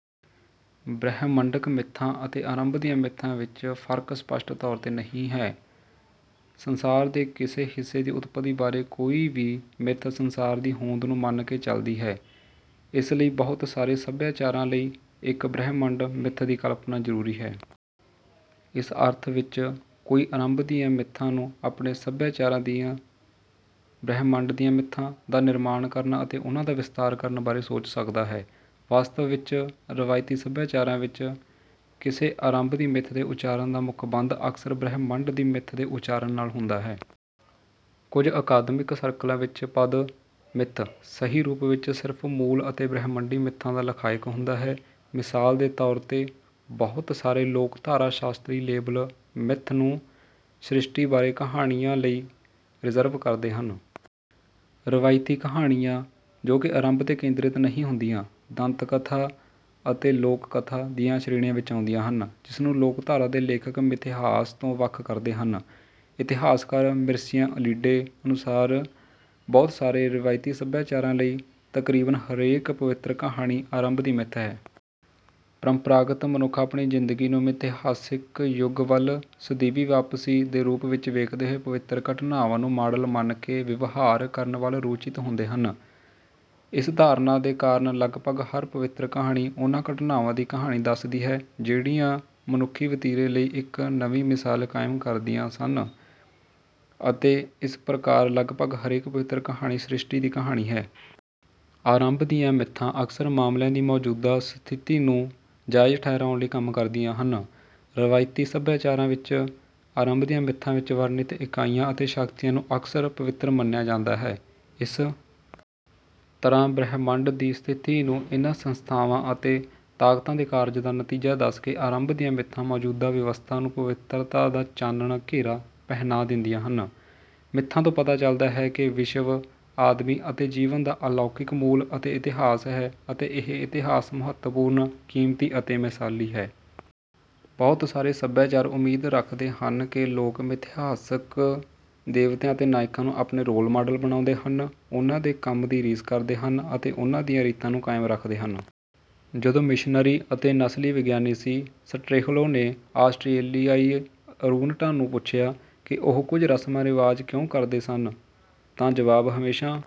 ਬ੍ਰਹਿਮੰਡਕ ਮਿੱਥਾਂ ਅਤੇ ਆਰੰਭ ਦੀਆਂ ਮਿੱਥਾਂ ਵਿੱਚ ਫਰਕ ਸਪੱਸ਼ਟ ਤੌਰ ਤੇ ਨਹੀਂ ਹੈ। ਸੰਸਾਰ ਦੇ ਕਿਸੇ ਹਿੱਸੇ ਦੀ ਉਤਪਤੀ ਬਾਰੇ ਕੋਈ ਵੀ ਮਿੱਥ ਸੰਸਾਰ ਦੀ ਹੋਂਦ ਨੂੰ ਮੰਨ ਕੇ ਚੱਲਦੀ ਹੈ। ਇਸ ਲਈ ਬਹੁਤ ਸਾਰੇ ਸਭਿਆਚਾਰਾਂ ਲਈ, ਇੱਕ ਬ੍ਰਹਿਮੰਡ ਮਿੱਥ ਦੀ ਕਲਪਨਾ ਜ਼ਰੂਰੀ ਹੈ। ਇਸ ਅਰਥ ਵਿੱਚ, ਕੋਈ ਆਰੰਭ ਦੀਆਂ ਮਿੱਥਾਂ ਨੂੰ ਆਪਣੇ ਸਭਿਆਚਾਰਾਂ ਦੀਆਂ 'ਬ੍ਰਹਿਮੰਡ ਦੀਆਂ ਮਿੱਥਾਂ' ਦਾ ਨਿਰਮਾਣ ਕਰਨ ਅਤੇ ਉਨ੍ਹਾਂ ਦਾ ਵਿਸਤਾਰ ਕਰਨ ਬਾਰੇ ਸੋਚ ਸਕਦਾ ਹੈ। ਵਾਸਤਵ ਵਿੱਚ, ਰਵਾਇਤੀ ਸਭਿਆਚਾਰਾਂ ਵਿੱਚ, ਕਿਸੇ ਆਰੰਭ ਦੀ ਮਿੱਥ ਦੇ ਉਚਾਰਨ ਦਾ ਮੁੱਖਬੰਧ ਅਕਸਰ ਬ੍ਰਹਿਮੰਡ ਦੀ ਮਿੱਥ ਦੇ ਉਚਾਰਨ ਨਾਲ ਹੁੰਦਾ ਹੈ। ਕੁਝ ਅਕਾਦਮਿਕ ਸਰਕਲਾਂ ਵਿੱਚ, ਪਦ "ਮਿੱਥ" ਸਹੀ ਰੂਪ ਵਿੱਚ ਸਿਰਫ ਮੂਲ ਅਤੇ ਬ੍ਰਹਿਮੰਡੀ ਮਿੱਥਾਂ ਦਾ ਲਖਾਇਕ ਹੁੰਦਾ ਹੈ। ਮਿਸਾਲ ਦੇ ਤੌਰ ਤੇ, ਬਹੁਤ ਸਾਰੇ ਲੋਕਧਾਰਾ ਸ਼ਾਸਤਰੀ ਲੇਬਲ "ਮਿੱਥ" ਨੂੰ ਸ੍ਰਿਸ਼ਟੀ ਬਾਰੇ ਕਹਾਣੀਆਂ ਲਈ ਰਿਜ਼ਰਵ ਕਰਦੇ ਹਨ। ਰਵਾਇਤੀ ਕਹਾਣੀਆਂ, ਜੋ ਕਿ ਆਰੰਭ 'ਤੇ ਕੇਂਦਰਿਤ ਨਹੀਂ ਹੁੰਦੀਆਂ, 'ਦੰਤਕਥਾ' ਅਤੇ 'ਲੋਕ ਕਥਾ' ਦੀਆਂ ਸ਼੍ਰੇਣੀਆਂ ਵਿੱਚ ਆਉਂਦੀਆਂ ਹਨ, ਜਿਸਨੂੰ ਲੋਕਧਾਰਾ ਦੇ ਲੇਖਕ ਮਿਥਿਹਾਸ ਤੋਂ ਵੱਖ ਕਰਦੇ ਹਨ। ਇਤਿਹਾਸਕਾਰ ਮਿਰਸੀਆ ਅਲੀਡੇ ਅਨੁਸਾਰ, ਬਹੁਤ ਸਾਰੇ ਰਵਾਇਤੀ ਸੱਭਿਆਚਾਰਾਂ ਲਈ, ਤਕਰੀਬਨ ਹਰੇਕ ਪਵਿੱਤਰ ਕਹਾਣੀ ਆਰੰਭ ਦੀ ਮਿੱਥ ਹੈ। ਪਰੰਪਰਾਗਤ ਮਨੁੱਖ ਆਪਣੀ ਜ਼ਿੰਦਗੀ ਨੂੰ ਮਿਥਿਹਾਸਿਕ ਯੁੱਗ ਵੱਲ "ਸਦੀਵੀ ਵਾਪਸੀ" ਦੇ ਰੂਪ ਵਿੱਚ ਵੇਖਦੇ ਹੋਏ ਪਵਿੱਤਰ ਘਟਨਾਵਾਂ ਨੂੰ ਮਾਡਲ ਮੰਨ ਕੇ ਵਿਵਹਾਰ ਕਰਨ ਵੱਲ ਰੁਚਿਤ ਹੁੰਦੇ ਹਨ। ਇਸ ਧਾਰਨਾ ਦੇ ਕਾਰਨ, ਲਗਭਗ ਹਰ ਪਵਿੱਤਰ ਕਹਾਣੀ ਉਹਨਾਂ ਘਟਨਾਵਾਂ ਦੀ ਕਹਾਣੀ ਦੱਸਦੀ ਹੈ ਜਿਹੜੀਆਂ ਮਨੁੱਖੀ ਵਤੀਰੇ ਲਈ ਇੱਕ ਨਵੀਂ ਮਿਸਾਲ ਕਾਇਮ ਕਰਦੀਆਂ ਸਨ, ਅਤੇ ਇਸ ਪ੍ਰਕਾਰ ਲਗਭਗ ਹਰੇਕ ਪਵਿੱਤਰ ਕਹਾਣੀ ਸ੍ਰਿਸ਼ਟੀ ਦੀ ਕਹਾਣੀ ਹੈ। ਆਰੰਭ ਦੀਆਂ ਮਿੱਥਾਂ ਅਕਸਰ ਮਾਮਲਿਆਂ ਦੀ ਮੌਜੂਦਾ ਸਥਿਤੀ ਨੂੰ ਜਾਇਜ਼ ਠਹਿਰਾਉਣ ਲਈ ਕੰਮ ਕਰਦੀਆਂ ਹਨ। ਰਵਾਇਤੀ ਸੱਭਿਆਚਾਰਾਂ ਵਿੱਚ, ਆਰੰਭ ਦੀਆਂ ਮਿੱਥਾਂ ਵਿੱਚ ਵਰਣਿਤ ਇਕਾਈਆਂ ਅਤੇ ਸ਼ਕਤੀਆਂ ਨੂੰ ਅਕਸਰ ਪਵਿੱਤਰ ਮੰਨਿਆ ਜਾਂਦਾ ਹੈ। ਇਸ ਤਰ੍ਹਾਂ ਬ੍ਰਹਿਮੰਡ ਦੀ ਸਥਿਤੀ ਨੂੰ ਇਹਨਾਂ ਸੰਸਥਾਵਾਂ ਅਤੇ ਤਾਕਤਾਂ ਦੇ ਕਾਰਜਾਂ ਦਾ ਨਤੀਜਾ ਦੱਸ ਕੇ ਆਰੰਭ ਦੀਆਂ ਮਿੱਥਾਂ ਮੌਜੂਦਾ ਵਿਵਸਥਾ ਨੂੰ ਪਵਿੱਤਰਤਾ ਦਾ ਚਾਨਣ ਘੇਰਾ ਪਹਿਨਾ ਦਿੰਦੀਆਂ ਹਨ: "ਮਿੱਥਾਂ ਤੋਂ ਪਤਾ ਚਲਦਾ ਹੈ ਕਿ ਵਿਸ਼ਵ, ਆਦਮੀ ਅਤੇ ਜੀਵਨ ਦਾ ਅਲੌਕਿਕ ਮੂਲ ਅਤੇ ਇਤਿਹਾਸ ਹੈ ਅਤੇ ਇਹ ਇਤਿਹਾਸ ਮਹੱਤਵਪੂਰਣ, ਕੀਮਤੀ ਅਤੇ ਮਿਸਾਲੀ ਹੈ।" ਬਹੁਤ ਸਾਰੇ ਸਭਿਆਚਾਰ ਉਮੀਦ ਰੱਖਦੇ ਹਨ ਕਿ ਲੋਕ ਮਿਥਿਹਾਸਕ ਦੇਵਤਿਆਂ ਅਤੇ ਨਾਇਕਾਂ ਨੂੰ ਆਪਣੇ ਰੋਲ ਮਾਡਲ ਬਣਾਉਂਦੇ ਹਨ, ਉਹਨਾਂ ਦੇ ਕੰਮ ਦੀ ਰੀਸ ਕਰਦੇ ਹਨ ਅਤੇ ਉਹਨਾਂ ਦੀਆਂ ਰੀਤਾਂ ਨੂੰ ਕਾਇਮ ਰੱਖਦੇ ਹਨ। ਜਦੋਂ ਮਿਸ਼ਨਰੀ ਅਤੇ ਨਸਲੀ ਵਿਗਿਆਨੀ ਸੀ. ਸਟਰੇਹਲੋ ਨੇ ਆਸਟ੍ਰੇਲੀਆਈ ਅਰੂਨਟਾ ਨੂੰ ਪੁੱਛਿਆ ਕਿ ਉਹ ਕੁਝ ਰਸਮਾਂ ਰਿਵਾਜ ਕਿਉਂ ਕਰਦੇ ਸਨ, ਤਾਂ ਜਵਾਬ ਹਮੇਸ਼ਾਂ।